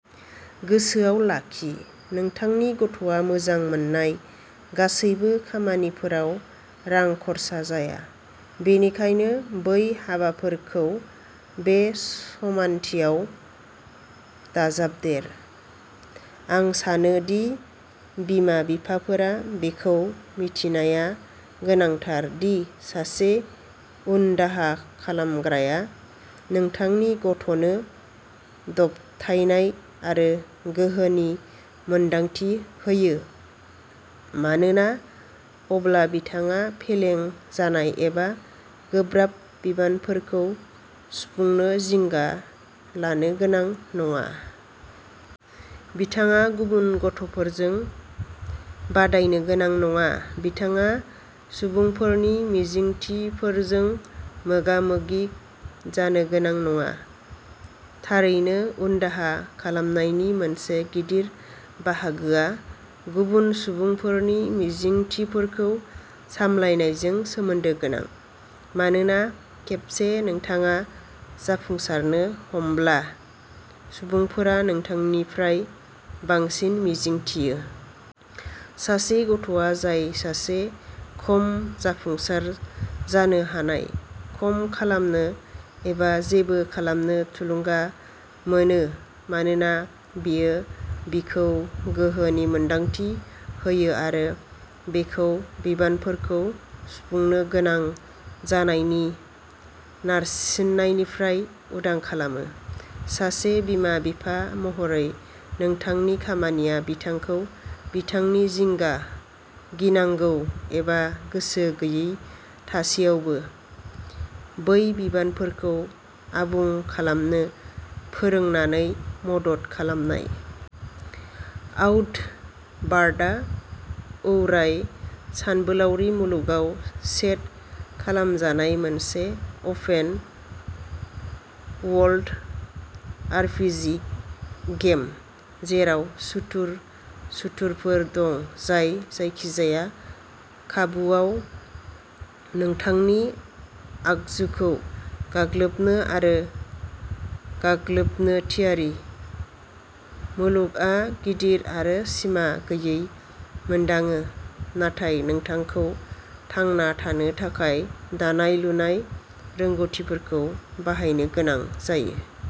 गोसोआव लाखि, नोंथांनि गथ'आ मोजां मोननाय गासैबो खामानिफोराव रां खरसा जाया, बेनिखायनो बै हाबाफोरखौ बे समानथियाव दाजाबदेर। आं सानो दि बिमा-बिफाफोरा बेखौ मिथिनाया गोनांथार दि सासे उनदाहा खालामग्राया नोंथांनि गथ'नो दबथायनाय आरो गोहोनि मोनदांथि होयो, मानोना अब्ला बिथाङा फेलें जानाय एबा गोब्राब बिबानफोरखौ सुफुंनो जिंगा लानो गोनां नङा। बिथाङा गुबुन गथ'फोरजों बादायनो गोनां नङा। बिथाङा सुबुंफोरनि मिजिंथिफोरजों मोगा-मोगि जानो गोनां नङा। थारैनो, उनदाहा खालामनायनि मोनसे गिदिर बाहागोआ गुबुन सुबुंफोरनि मिजिंथिफोरखौ सामलायनायजों सोमोन्दो गोनां। मानोना खेबसे नोंथाङा जाफुंसारनो हमब्ला, सुबुंफोरा नोंथांनिफ्राय बांसिन मिजिंथियो। सासे गथ'आ जाय सासे खम जाफुंसार जानो हानाय, खम खालामनो एबा जेबो खालामनो थुलुंगा मोनो-मानोना बेयो बिखौ गोहोनि मोनदांथि होयो आरो बेखौ बिबानफोरखौ सुफुंनो गोनां जानायनि नारसिननायनिफ्राय उदां खालामो। सासे बिमा-बिफा महरै नोंथांनि खामानिया बिथांखौ बिथांनि जिंगा, गिनांगौ एबा गोसो गैयै थासेयावबो बै बिबानफोरखौ आबुं खालामनो फोरोंनानै मदद खालामनाय। आउटबार्डआ औराइ सानबोलावरि मुलुगाव सेट खालामजानाय मोनसे अपेन-वर्ल्ड आरपीजी गेम जेराव सुथुर सुथुरफोर दं जाय जायखिजाया खाबुवाव नोंथांनि आगजुखौ गाग्लोबनो आरो गाग्लोबनो थियारि। मुलुगआ गिदिर आरो सिमा गैयै मोनदाङो नाथाय नोंथांखौ थांना थानो थाखाय दानाय-लुनाय रोंग'थिफोरखौ बाहायनो गोनां जायो।